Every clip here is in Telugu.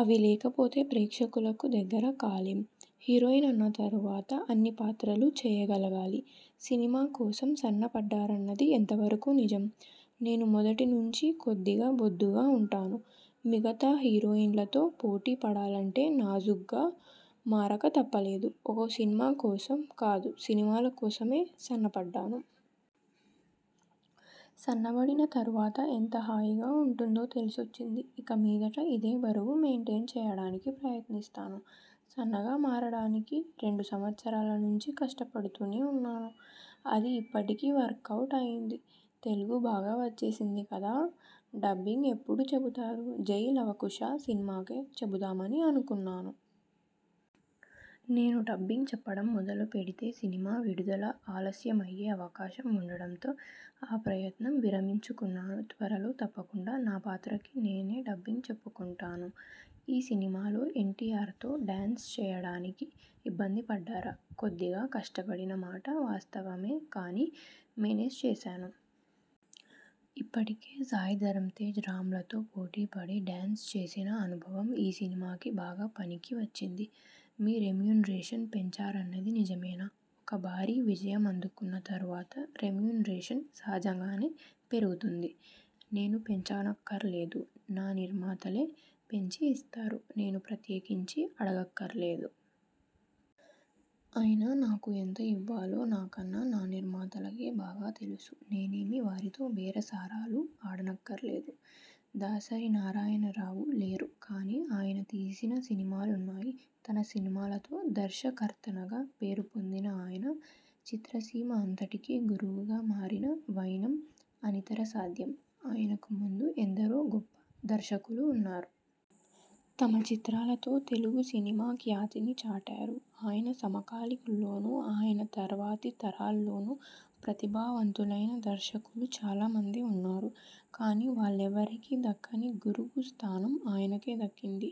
అవి లేకపోతే ప్రేక్షకులకు దగ్గర కాలేం. హీరోయిన్ అన్న తరువాత అన్ని పాత్రలు చేయగలగాలి. సినిమా కోసం సన్నపడ్డారన్నది ఎంతవరకు నిజం? నేను మొదటి నుంచీ కొద్దిగా బొద్దుగా ఉంటాను. మిగతా హీరోయిన్లతో పోటీ పడాలంటే నాజుగ్గా మారక తప్పలేదు. ఓ సినిమా కోసం కాదు సినిమాల కోసమే సన్నపడ్డాను. సన్నపడిన తరువాత ఎంత హాయిగా ఉంటుందో తెలిసొచ్చింది. ఇక మీదట ఇదే బరువు మెయిన్టెయిన్ చేయడానికి ప్రయత్నిస్తాను. సన్నగా మారడానికి రెండు సంవత్సరాల నుంచి కష్టపడుతూనే ఉన్నాను. అది ఇప్పటికి వర్కవుట్ అయింది. తెలుగు బాగా వచ్చేసింది కదా? డబ్బింగ్ ఎప్పుడు చెబుతారు? 'జై లవ కుశ' సినిమాకే చెబుదామని అనుకున్నాను. నేను డబ్బింగ్ చెప్పడం మొదలుపెడితే సినిమా విడుదల ఆలస్యమయ్యే అవకాశం ఉండడంతో ఆ ప్రయత్నం విరమించుకున్నాను. త్వరలో తప్పకుండా నా పాత్రకి నేనే డబ్బింగ్ చెప్పుకుంటాను. ఈ సినిమాలో ఎన్టీఆర్తో డ్యాన్స్ చేయడానికి ఇబ్బంది పడ్డారా? కొద్దిగా కష్టపడిన మాట వాస్తవమే కానీ, మేనేజ్ చేశాను. ఇప్పటికే సాయి ధరమ్తేజ్, రామ్లతో పోటీ పడి డ్యాన్స్ చేసిన అనుభవం ఈ సినిమాకి బాగా పనికి వచ్చింది. మీ రెమ్యునరేషన్ పెంచారన్నది నిజమేనా? ఒక భారీ విజయం అందుకున్న తరువాత రెమ్యునరేషన్ సహజంగానే పెరుగుతుంది. నేను పెంచనక్కర్లేదు. నా నిర్మాతలే పెంచి ఇస్తారు. నేను ప్రత్యేకించి అడగక్కర్లేదు. అయినా నాకు ఎంత ఇవ్వాలో నాకన్నా నా నిర్మాతలకే బాగా తెలుసు. నేనేమీ వారితో బేరసారాలు ఆడనక్కర్లేదు. దాసరి నారాయణరావు లేరు. కానీ ఆయన తీసిన సినిమాలున్నాయి. తన సినిమాలతో 'దర్శకరత్న'గా పేరుపొందిన ఆయన, చిత్రసీమ అంతటికీ గురువుగా మారిన వైనం అనితర సాధ్యం. ఆయనకు ముందు ఎందరో గొప్ప దర్శకులు ఉన్నారు. తమ చిత్రాలతో తెలుగు సినిమా ఖ్యాతిని చాటారు. ఆయన సమకాలికుల్లోనూ, ఆయన తర్వాతి తరాల్లోనూ ప్రతిభావంతులైన దర్శకులు చాలా మంది ఉన్నారు. కానీ వాళ్లెవరికీ దక్కని గురువు స్థానం ఆయనకే దక్కింది.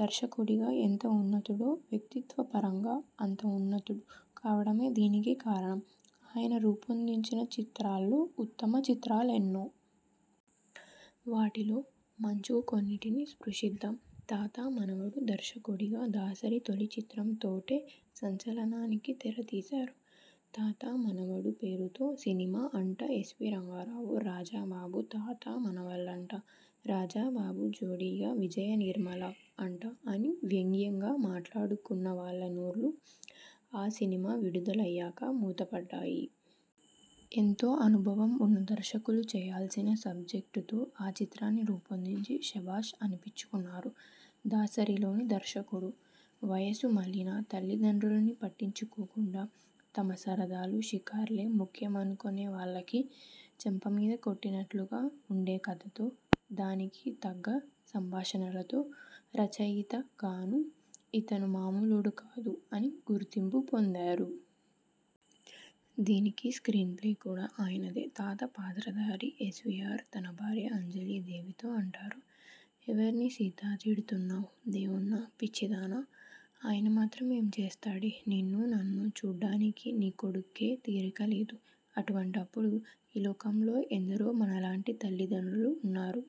దర్శకుడిగా ఎంత ఉన్నతుడో, వ్యక్తిత్వపరంగా అంత ఉన్నతుడు కావడమే దీనికి కారణం. ఆయన రూపొందించిన చిత్రాల్లో ఉత్తమ చిత్రాలెన్నో. వాటిలో మచ్చుకు కొన్నింటిని స్పృశిద్దాం. తాత మనవడు దర్శకుడిగా దాసరి తొలి చిత్రంతోటే సంచలనానికి తెరతీశారు. 'తాత మనవడు' పేరుతో సినిమా అంట ఎస్వీ రంగారావు, రాజబాబు తాతా మనవళ్లంట రాజబాబు జోడీగా విజయనిర్మల అంట అని వ్యంగ్యంగా మాట్లాడుకున్నవాళ్ల నోళ్లు ఆ సినిమా విడుదలయ్యాక మూతపడ్డాయి. ఎంతో అనుభవం ఉన్న దర్శకులు చేయాల్సిన సబ్జెక్టుతో ఆ చిత్రాన్ని రూపొందించి శభాష్ అనిపించుకున్నారు దాసరిలోని దర్శకుడు. వయసుమళ్లిన తల్లిదండ్రుల్ని పట్టించుకోకుండా, తమ సరదాలు, షికార్లే ముఖ్యమనుకొనేవాళ్లకు చెంపమీద కొట్టినట్లుగా ఉండే కథతో, దానికి తగ్గ సంభాషణలతో రచయితగానూ 'ఇతను మామూలోడు కాదు' అని గుర్తింపు పొందారు. దీనికి స్ర్కీనప్లే కూడా ఆయనదే. తాత పాత్రధారి ఎస్వీఆర్ తన భార్య అంజలీదేవితో అంటారు ''ఎవర్ని సీతా తిడుతున్నావ్! దేవుడ్నా! పిచ్చిదానా! ఆయన మాత్రం ఏం చేస్తాడే! నిన్నూ నన్నూ చూడ్డానికి నీ కొడుక్కే తీరిక లేదు! అటువంటప్పుడు ఈ లోకంలో ఎందరో మనలాంటి తల్లిదండ్రులు ఉన్నారు!